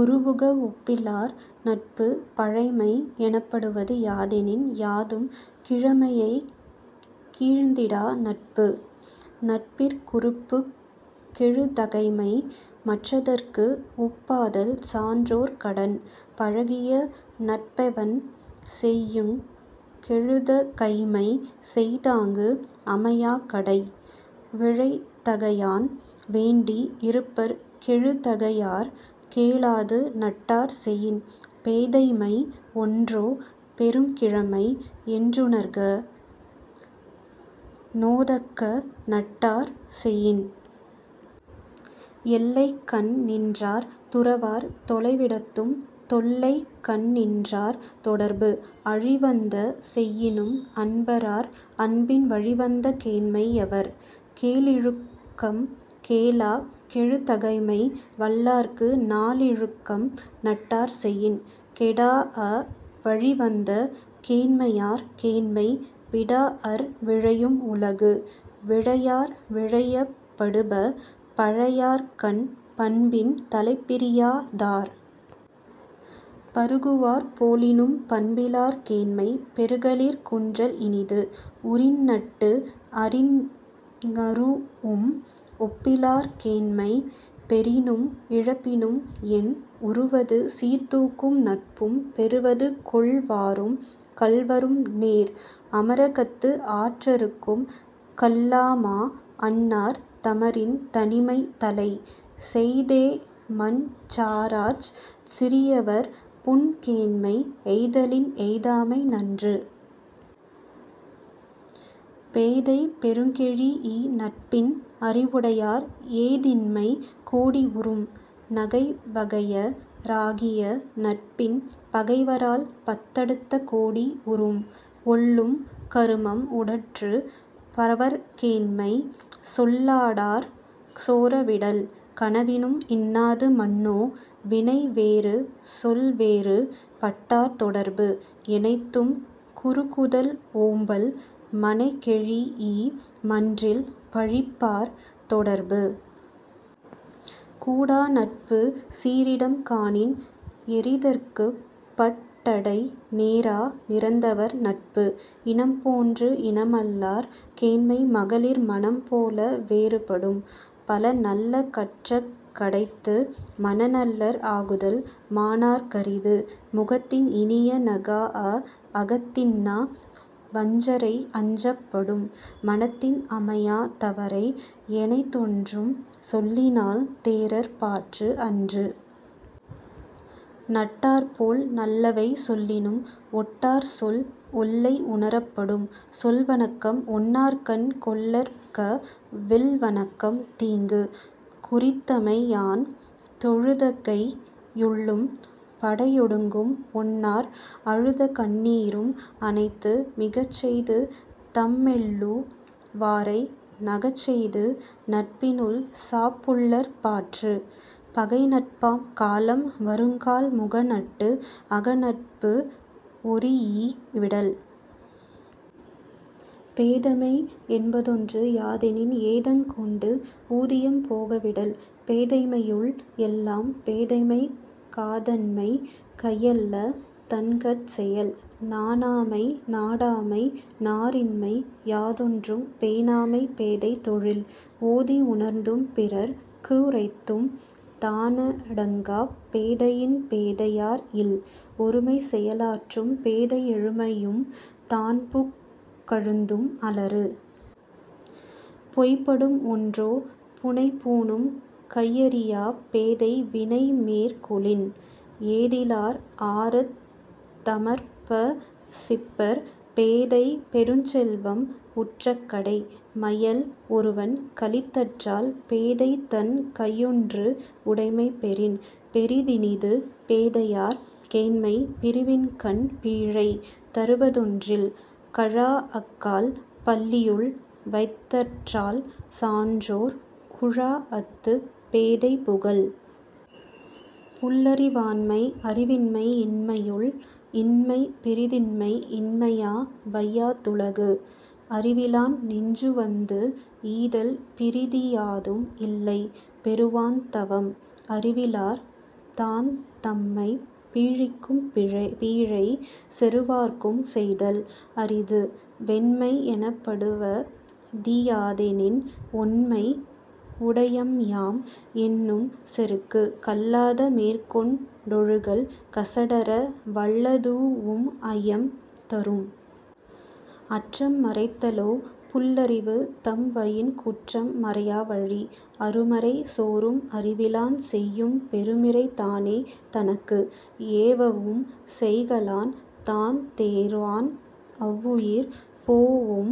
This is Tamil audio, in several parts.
ஒருவுக ஒப்பிலார் நட்பு. பழைமை எனப்படுவது யாதெனின் யாதும் கிழமையைக் கீழ்ந்திடா நட்பு. நட்பிற் குறுப்புக் கெழுதகைமை மற்றதற்கு உப்பாதல் சான்றோர் கடன். பழகிய நட்பெவன் செய்யுங் கெழுதகைமை செய்தாங்கு அமையாக் கடை. விழைதகையான் வேண்டி இருப்பர் கெழுதகையாற் கேளாது நட்டார் செயின். பேதைமை ஒன்றோ பெருங்கிழமை என்றுணர்க நோதக்க நட்டார் செயின். எல்லைக்கண் நின்றார் துறவார் தொலைவிடத்தும் தொல்லைக்கண் நின்றார் தொடர்பு. அழிவந்த செய்யினும் அன்பறார் அன்பின் வழிவந்த கேண்மை யவர். கேளிழுக்கம் கேளாக் கெழுதகைமை வல்லார்க்கு நாளிழுக்கம் நட்டார் செயின். கெடாஅ வழிவந்த கேண்மையார் கேண்மை விடாஅர் விழையும் உலகு. விழையார் விழையப் படுப பழையார்கண் பண்பின் தலைப்பிரியா தார். பருகுவார் போலினும் பண்பிலார் கேண்மை பெருகலிற் குன்றல் இனிது. உறின்நட்டு அறின்ஙருஉம் ஒப்பிலார் கேண்மை பெறினும் இழப்பினும் என்? உறுவது சீர்தூக்கும் நட்பும் பெறுவது கொள்வாரும் கள்வரும் நேர். அமரகத்து ஆற்றறுக்கும் கல்லாமா அன்னார் தமரின் தனிமை தலை. செய்தேமஞ் சாராச் சிறியவர் புன்கேண்மை எய்தலின் எய்தாமை நன்று. பேதை பெருங்கெழீஇ நட்பின் அறிவுடையார் ஏதின்மை கோடி உறும். நகைவகைய ராகிய நட்பின் பகைவரால் பத்தடுத்த கோடி உறும். ஒல்லும் கருமம் உடற்று பவர்கேண்மை சொல்லாடார் சோர விடல். கனவினும் இன்னாது மன்னோ வினைவேறு சொல்வேறு பட்டார் தொடர்பு. எனைத்தும் குறுகுதல் ஓம்பல் மனைக்கெழீஇ மன்றில் பழிப்பார் தொடர்பு. கூடாநட்பு சீரிடம் காணின் எறிதற்குப் பட் டடை நேரா நிரந்தவர் நட்பு. இனம்போன்று இனமல்லார் கேண்மை மகளிர் மனம்போல வேறு படும். பலநல்ல கற்றக் கடைத்து மனநல்லர் ஆகுதல் மாணார்க் கரிது. முகத்தின் இனிய நகாஅ அகத்தின்னா வஞ்சரை அஞ்சப் படும். மனத்தின் அமையா தவரை எனைத்தொன்றும் சொல்லினால் தேறற்பாற்று அன்று. நட்டார்போல் நல்லவை சொல்லினும் ஒட்டார்சொல் ஒல்லை உணரப் படும். சொல்வணக்கம் ஒன்னார்கண் கொள்ளற்க வில்வணக்கம் தீங்கு குறித்தமை யான். தொழுதகை யுள்ளும் படையொடுங்கும் ஒன்னார் அழுதகண் ணீரும் அனைத்து. மிகச்செய்து தம்மெள்ளு வாரை நகச்செய்து நட்பினுள் சாப்புல்லற் பாற்று. பகைநட்பாம் காலம் வருங்கால் முகநட்டு அகநட்பு ஒரீஇ விடல். பேதைமை என்பதொன்று யாதெனின் ஏதங்கொண்டு ஊதியம் போக விடல். பேதைமையுள் எல்லாம் பேதைமை காதன்மை கையல்ல தன்கட் செயல். நாணாமை நாடாமை நாரின்மை யாதொன்றும் பேணாமை பேதை தொழில் ஓதி உணர்ந்தும் பிறர் க்குரைத்தும் தானடங்காப் பேதையின் பேதையார் இல். ஒருமைச் செயலாற்றும் பேதை எழுமையும் தான்புக் கழுந்தும் அளறு. பொய்படும் ஒன்றோ புனைபூணும் கையறியாப் பேதை வினைமேற் கொளின். ஏதிலார் ஆரத் தமர்பசிப்பர் பேதை பெருஞ்செல்வம் உற்றக் கடை. மையல் ஒருவன் களித்தற்றால் பேதைதன் கையொன்று உடைமை பெறின். பெரிதினிது பேதையார் கேண்மை பிரிவின்கண் பீழை தருவதொன் றில். கழாஅக்கால் பள்ளியுள் வைத்தற்றால் சான்றோர் குழாஅத்துப் பேதை புகல். புல்லறிவாண்மை அறிவின்மை இன்மையுள் இன்மை பிறிதின்மை இன்மையா வையா துலகு. அறிவிலான் நெஞ்சுவந்து ஈதல் பிறிதியாதும் இல்லை பெறுவான் தவம். அறிவிலார் தாந்தம்மைப் பீழிக்கும் பீழை செறுவார்க்கும் செய்தல் அரிது. வெண்மை எனப்படுவ தியாதெனின் ஒண்மை உடையம்யாம் என்னும் செருக்கு. கல்லாத மேற்கொண் டொழுகல் கசடற வல்லதூஉம் ஐயம் தரும். அற்றம் மறைத்தலோ புல்லறிவு தம்வயின் குற்றம் மறையா வழி. அருமறை சோரும் அறிவிலான் செய்யும் பெருமிறை தானே தனக்கு. ஏவவும் செய்கலான் தான்தேர்வான் அவ்வுயிர் போஒம்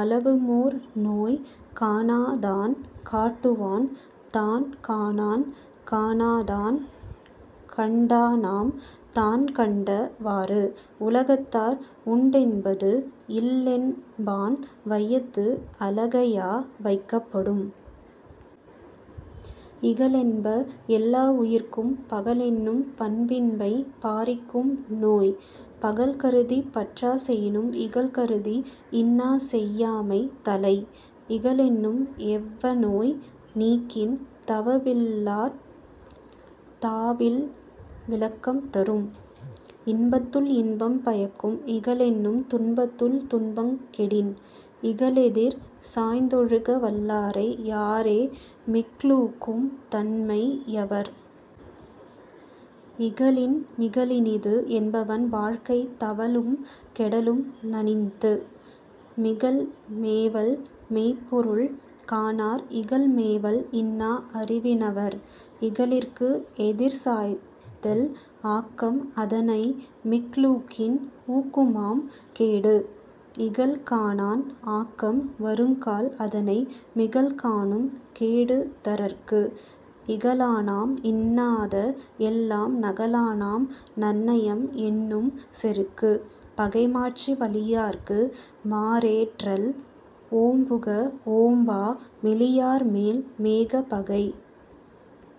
அளவுமோர் நோய். காணாதான் காட்டுவான் தான்காணான் காணாதான் கண்டானாம் தான்கண்ட வாறு. உலகத்தார் உண்டென்பது இல்லென்பான் வையத்து அலகையா வைக்கப் படும். இகலென்ப எல்லா உயிர்க்கும் பகலென்னும் பண்பின்மை பாரிக்கும் நோய். பகல்கருதிப் பற்றா செயினும் இகல்கருதி இன்னாசெய் யாமை தலை. இகலென்னும் எவ்வநோய் நீக்கின் தவலில்லாத் தாவில் விளக்கம் தரும். இன்பத்துள் இன்பம் பயக்கும் இகலென்னும் துன்பத்துள் துன்பங் கெடின். இகலெதிர் சாய்ந்தொழுக வல்லாரை யாரே மிக்லூக்கும் தன்மை யவர். இகலின் மிகலினிது என்பவன் வாழ்க்கை தவலும் கெடலும் நணித்து. மிகல்மேவல் மெய்ப்பொருள் காணார் இகல்மேவல் இன்னா அறிவி னவர். இகலிற்கு எதிர்சாய்தல் ஆக்கம் அதனை மிக்லூக்கின் ஊக்குமாம் கேடு. இகல்காணான் ஆக்கம் வருங்கால் அதனை மிகல்காணும் கேடு தரற்கு. இகலானாம் இன்னாத எல்லாம் நகலானாம் நன்னயம் என்னும் செருக்கு. பகைமாட்சி வலியார்க்கு மாறேற்றல் ஓம்புக ஓம்பா மெலியார்மேல் மேக பகை.।